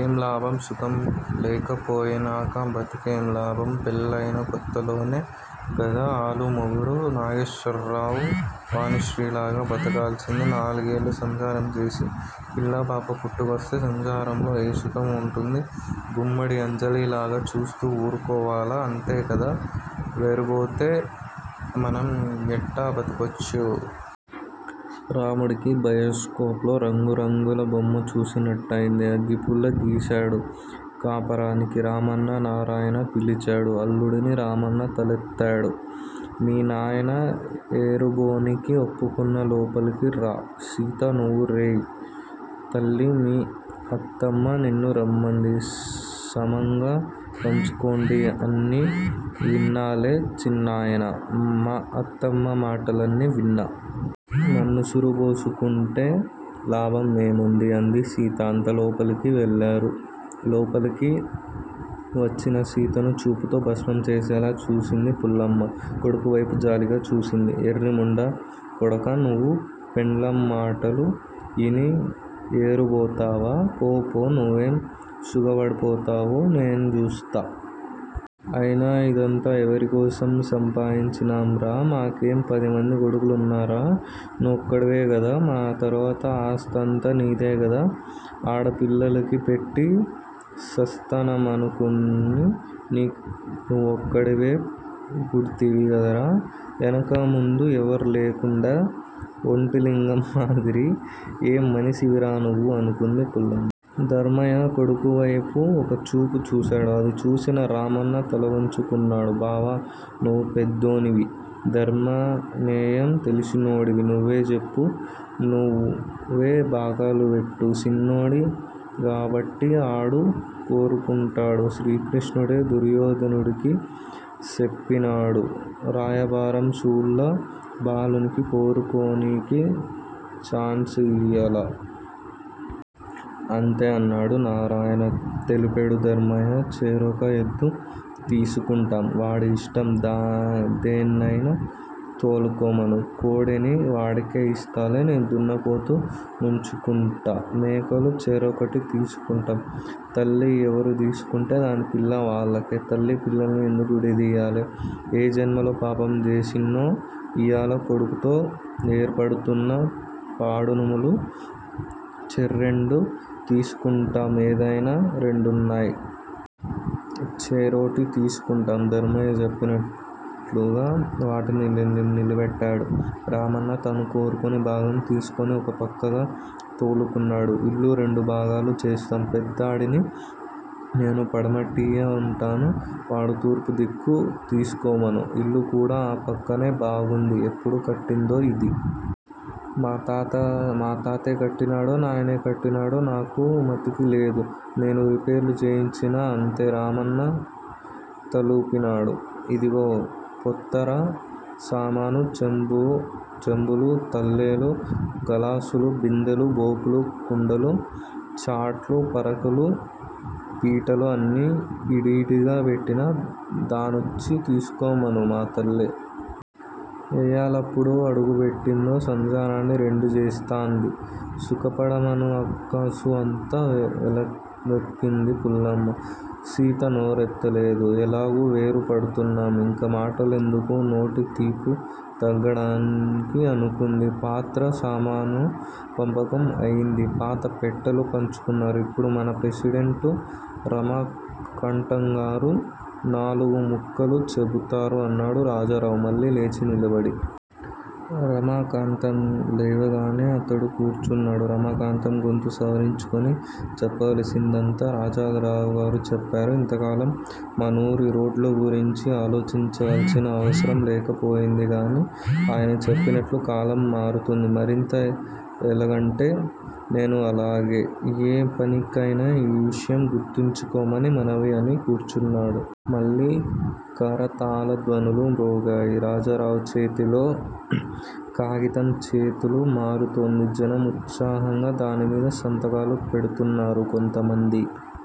ఏం లాభం? సుఖం లేకపోయినాక బతికేం లాభం. పెళ్ళయిన కొత్తలోనే గదా ఆలు మొగుడు నాగేశర్రావు వాణిశ్రీ లాగ బతకాల్సింది. నాలుగేళ్ళు సంసారం జేసి పిల్లా పాపా పుట్టుకొస్తే సంసారంలో ఏం సుఖం వుంటుంది. గుమ్మడి అంజలి లాగా చూస్తూ వురుకోవాల, అంతే కదా! వేరుబోతే మనం ఎట్టా బతకొచ్చు? రాముడికి 'బయస్కోపులో' రంగురంగుల బొమ్మ చూసినట్టయింది. అగ్గిపుల్ల గీశాడు కాపరానికి, రామన్నా! నారాయణ పిలిచాడు అల్లుడిని. రామన్న తలెత్తాడు. మీ నాయన ఏరుబోనికి ఒప్పుకున్నా లోపలికి రా? సీతా! నువు రాయే తల్లి మీ అత్తమ్మ నిన్నూ రమ్మంది సమంగా పంచుకొండిఅన్నీ విన్నాలే చిన్నాయనా! మా అత్తమ్మ మాటలన్నీ విన్నా! నన్నుసురుబోసుకుంటే లాభం ఏముంది! అంది సీత. అంత లోపలికి వెళ్ళారు. లోపలికి వచ్చిన సీతను చూపుతో భస్మం చేసేలా చూసింది పుల్లమ్మ. కొడుకు వైపు జాలిగా చూసింది. ఎర్రి ముండా కొడకా నువు పెండ్లాం మాటలు యిని ఏరుబోతావా! పో! పో! నువేం సుగపడతావో నేన్ చూస్తా! అయినా యిదంతా ఎవరి కోసం సంపాయించినాంరా! మాకేం పదిమంది కొడుకులున్నారా! నువోక్కడివే గదా! మా తర్వాత ఆస్తంతా నీదే గదా? అడ పిల్లలకి పెట్టి సస్తామనుకున నికి నువోక్కడివే పుడ్తివి గదరా ఎనకా ముందా ఎవర్లేకుండా ఒంటిలింగం మాదిరి! ఏం మనిసివిరా నువు? అనుకుంది పుల్లమ్మ. ధర్మయ్య కొడుకు వైపు ఒక చూపు చూశాడు. అది చూసిన రామన్న తలవంచుకున్నాడు. బావా! నువు పెద్దోనివి! ధర్మం నేయం తెలిసినోడివి నువే చెప్పు నువే భాగాలు పెట్టు. సిన్నోడి గాబట్టి ఆడు కోరుకుంటాడు. శ్రీకృష్ణుడే దుర్యోధనుడికి సెప్పినాడు. రాయభారం సుళ్ళ బాలునికి కోరుకోనికి చాన్సియ్యాల! అంతే! అన్నాడు నారాయణ తలుపేడు ధర్మయ్య. చెరొక ఎద్దు తీసుకుంటాం వాడి యిష్టం దేన్నయినా తోలుకోమను. కొడేని వాడికే యిస్తాలే నేను దున్నపోతు ఉంచుకుంటా మేకలు చెరోకటి తీసుకుంటాం. తల్లి ఎవరు దిసుకుంటే దాని పిల్ల వాల్లకే! తల్లి పిల్లల్ని ఎందుకు విడదియ్యాలే, ఏ జన్మలో పాపం జేసిన్నో యియాల కొడుకుతో ఎరుపడతన్నా పాడనుములు చెర్రెండు తీసుకుంటాం ఎదైన రెండు న్నాయి. చెరోటి తీసుకుంటాం. ధర్మయ్య చెప్పినట్లుగా వాటిని నిలబెట్టాడు. రామన్న తను కోరుకుని భాగం తీసుకుని ఒక పక్కగా తోలుకున్నాడు. ఇల్లు రెండు భాగాలు చేస్తాం! పెద్దాడిని నేను పడమటియ వుంటాను. వాడు తూర్పు దిక్కు తిసుకోమను. ఇల్లు కూడా ఆ పక్కనే బాగుంది. ఎప్పుడు కట్టిందో యిది! మా తాతే కట్టినాడో నాయనే కట్టినాడో నాకు మతికి లేదు. నేను రిపేర్లు చేయించినా అంతే. రామన్న తలుపినాడు. ఇదిగో పొత్తర సామాను చెంబులు తల్లెలు, గలాసులు, బిందెలు, బోకులు కుండలు, చాట్లు, పారకులు, పీటలు అన్నీ యిడియిడిగా పెట్టినా దాన్నోచ్చి తిసుకోమను మా తల్లి! ఏయాలప్పుడు అడుగు బెట్టిందో సంసారాన్ని రెండు జేస్తంది! సుకపడమను అక్కసు అంతా వెలగక్కింది పుల్లమ్మ. సీత నోరెత్తలేదు. ఎలాగూ వేరు పడుతున్నాం. ఇంకా మాటలెందుకు? నోటి తీపు తగ్గడానికి అనుకుంది. పాత్ర సామాను పంపకం అయింది. పాత పెట్టెలు పంచుకున్నారు. ఇప్పుడు మన ప్రెసిడెంటు రమాకాంటంగారు నాలుగు ముక్కలు చెబుతారు అన్నాడు రాజారావు మళ్ళీ లేచి నిలబడి. రమాకాంతం లేవగానే అతడు కూర్చున్నాడు. రమాకాంతం గొంతు సవరించుకుని చెప్పవలసిందంతా రాజారావుగారు చెప్పారు. ఇంతకాలం మనూరి రోడ్లగురించి ఆలోచించాల్సిన అవసరం లేకపోయింది. కానీ అయన చెప్పినట్లు కాలం మారుతుంది. మరింతా ఎలాగంటే నేనూ అలాగే! ఏ పనికయినా ఈ విషయం గుర్తుంచుకోమని మనవి అని కూర్చున్నాడు. మళ్ళీ కరతాళ ధ్వనులు మ్రోగాయి. రాజారావు చేతిలో కాగితం చేతులు మారుతోంది. జనం ఉత్సాహంగా దానిమీద సంతకాలు పెడుతున్నారు. కొంతమంది